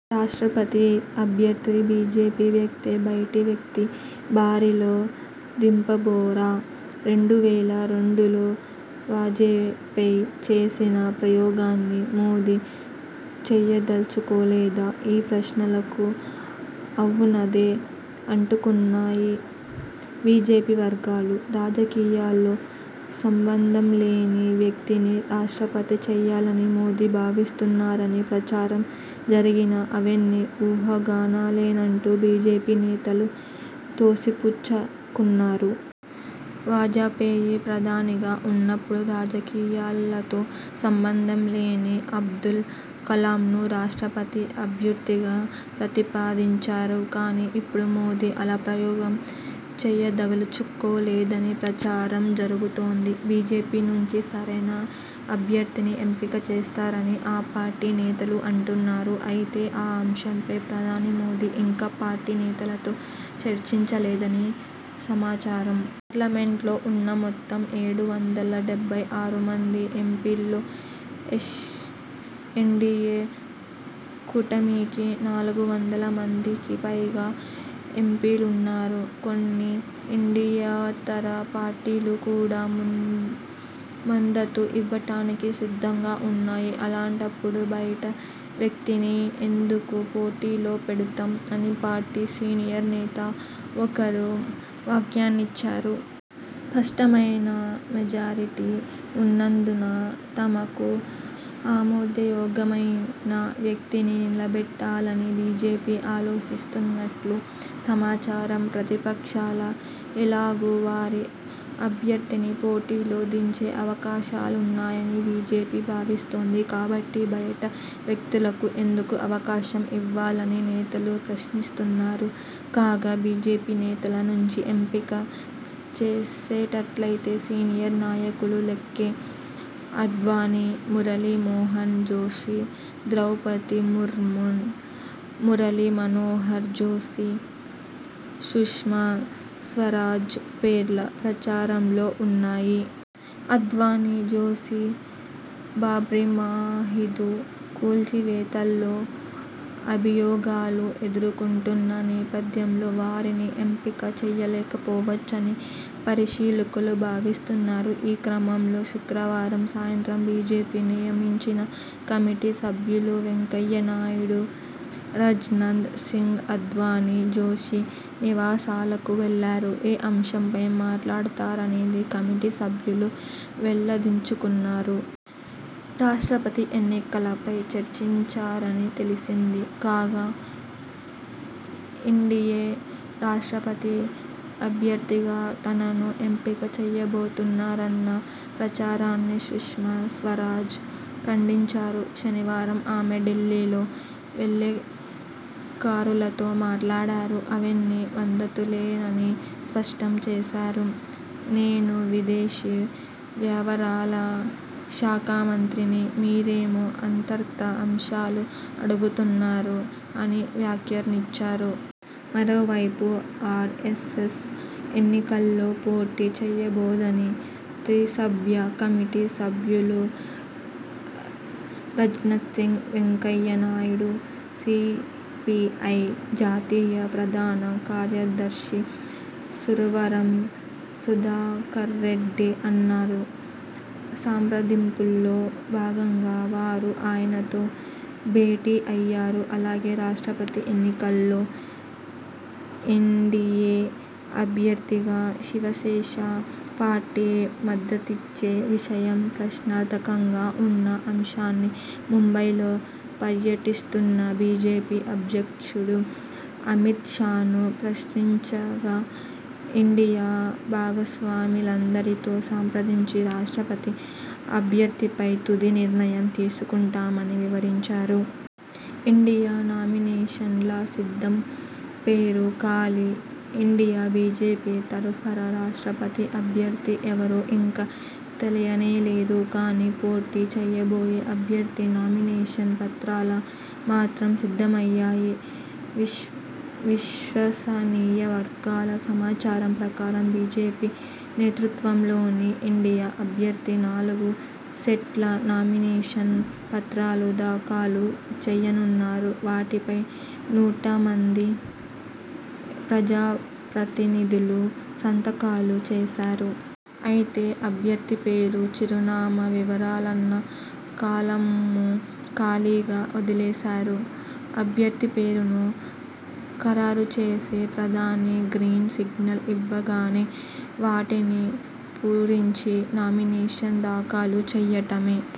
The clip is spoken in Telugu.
రాష్ట్రపతి అభ్యర్థి బీజేపీ వ్యక్తే బయటి వ్యక్తిని బరిలో దింపబోరా? రెండు వేల రెండులో వాజపేయి చేసిన ప్రయోగాన్ని మోదీ చేయదల్చుకోలేదా? ఈ ప్రశ్నలకు అవుననే అంటున్నాయి బీజేపీ వర్గాలు. రాజకీయాలతో సంబంధంలేని వ్యక్తిని రాష్ట్రపతి చేయాలని మోదీ భావిస్తున్నారని ప్రచారం జరిగినా అవన్నీ ఊహాగానాలేనంటూ బీజేపీ నేతలు తోసిపుచ్చుతున్నారు. వాజపేయి ప్రధానిగా ఉన్నప్పుడు రాజకీయాలతో సంబంధం లేని అబ్దుల్ కలాంను రాష్ట్రపతి అభ్యర్థిగా ప్రతిపాదించారు. కానీ ఇప్పుడు మోదీ ఆ ప్రయోగం చేయదల్చులేదని ప్రచారం జరుగుతోంది. బీజేపీ నుంచే సరైన అభ్యర్థిని ఎంపిక చేస్తారని ఆ పార్టీ నేతలు అంటున్నారు. అయితే, ఈ అంశంపై ప్రధాని మోదీ ఇంకా పార్టీ నేతలతో చర్చించలేదని సమాచారం. 'పార్లమెంటులో ఉన్న మెత్తం ఏడు వందల డెబ్బై ఆరు మంది ఎంపీల్లో ఎన్డీఏ కూటమికి నాలుగు వందల మందికి పైగా ఎంపీలున్నారు. కొన్ని ఎన్డీయేతర పార్టీలు కూడా మద్దతు ఇవ్వడానికి సిద్ధంగా ఉన్నాయి. అలాంటప్పుడు బయటి వ్యక్తిని ఎందుకు పోటీలో పెడతాం? ' అని పార్టీ సీనియర్ నేత ఒకరు వ్యాఖ్యానించారు. స్పష్టమైన మెజారిటీ ఉన్నందున తమకు ఆమోదయోగ్యమైన వ్యక్తిని నిలబెట్టాలని బీజేపీ ఆలోచిస్తున్నట్లు సమాచారం. ప్రతిపక్షాలు ఎలాగూ వారి అభ్యర్థిని పోటీలో దించే అవకాశాలున్నాయని బీజేపీ భావిస్తోంది. కాబట్టి బయటి వ్యక్తులకు ఎందుకు అవకాశం ఇవ్వాలని నేతలు ప్రశ్నిస్తున్నారు. కాగా, బీజేపీ నేతల నుంచి ఎంపిక చేసేటట్లయితే సీనియర్ నాయకులు ఎల్కే ఆడ్వాణీ, మురళీ మనోహర్ జోషి, ద్రౌపది ముర్ము, మురళీ మనోహర్ జోషి, సుష్మా స్వరాజ్ పేర్లు ప్రచారంలో ఉన్నాయి. ఆడ్వాణీ, జోషి బాబ్రీమసీదు కూల్చివేతలో అభియోగాలు ఎదుర్కొంటున్న నేపథ్యంలో వారిని ఎంపిక చేయకపోవచ్చని పరిశీలకులు భావిస్తున్నారు. ఈ క్రమంలో శుక్రవారం సాయంత్రం బీజేపీ నియమించిన కమిటీ సభ్యులు వెంకయ్య నాయుడు, రాజ్నాథ్ సింగ్ఆడ్వాణీ, జోషి నివాసాలకు వెళ్లారు. ఏ అంశంపై మాట్లాడారనేది కమిటీ సభ్యులు వెల్లడించకున్నా.. రాష్ట్రపతి ఎన్నికలపై చర్చించారని తెలిసింది. కాగా, ఎన్డీఏ రాష్ట్రపతి అభ్యర్థిగా తనను ఎంపిక చేయబోతున్నారన్న ప్రచారాన్ని సుష్మా స్వరాజ్ ఖండించారు. శనివారం ఆమె ఢిల్లీలో విలేకరులతో మాట్లాడారు. అవన్నీ వదంతులేనని స్పష్టం చేశారు. 'నేను విదేశీ వ్యవహారాల శాఖ మంత్రిని. మీరేమో అంతర్గత అంశాలు అడుగుతున్నారు' అని వ్యాఖ్యానించారు. మరోవైపు, ఆర్ఎ్సఎస్ ఎన్నికల్లో పోటీ చేయబోదని త్రిసభ్య కమిటీ సభ్యులు రాజ్నాథ్ సింగ్, వెంకయ్య నాయుడు.. సీపీఐ జాతీయ ప్రధాన కార్యదర్శి సురవరం సుధాకర్రెడ్డితో అన్నారు. సంప్రదింపుల్లో భాగంగా వారు ఆయనతో భేటీ అయ్యారు. అలాగే, రాష్ట్రపతి ఎన్నికల్లో ఎన్డీఏ అభ్యర్థికి శివసేన పార్టీ మద్దతిచ్చే విషయం ప్రశ్నార్థకంగా ఉన్న అంశాన్ని ముంబైలో పర్యటిస్తున్న బీజేపీ అధ్యక్షుడు అమిత్ షాను ప్రశ్నించగాఎన్డీఏ భాగస్వాములందరితో సంప్రదించి రాష్ట్రపతి అభ్యర్థిపై తుది నిర్ణయం తీసుకుంటామని వివరించారు. ఎన్డీఏ నామినేషన్లు సిద్ధంపేరు ఖాళీ ఎన్డీఏ-బీజేపీ తరఫున రాష్ట్రపతి అభ్యర్థి ఎవరో ఇంకా తేలనేలేదు. కానీ పోటీ చేయబోయే అభ్యర్థి నామినేషన్ పత్రాలు మాత్రం సిద్ధమయ్యాయి. విశ్వసనీయవర్గాల సమాచారం ప్రకారం, బీజేపీ నేతృత్వంలోని ఎన్డీఏ అభ్యర్థి నాలుగు సెట్ల నామినేషన్ పత్రాలు దాఖలు చేయనున్నారు. వాటిపై నూట మంది ప్రజాప్రతినిధులు సంతకాలు చేసేశారు. అయితే అభ్యర్థిపేరు, చిరునామా, వివరాలున్న కాలమ్ను ఖాళీగా వదిలేశారు. అభ్యర్థిపేరును ఖరారుచేసి ప్రధాని గ్రీన్ సిగ్నల్ ఇవ్వగానే వాటిని పూరించి నామినేషన్ దాఖలు చేయడమే!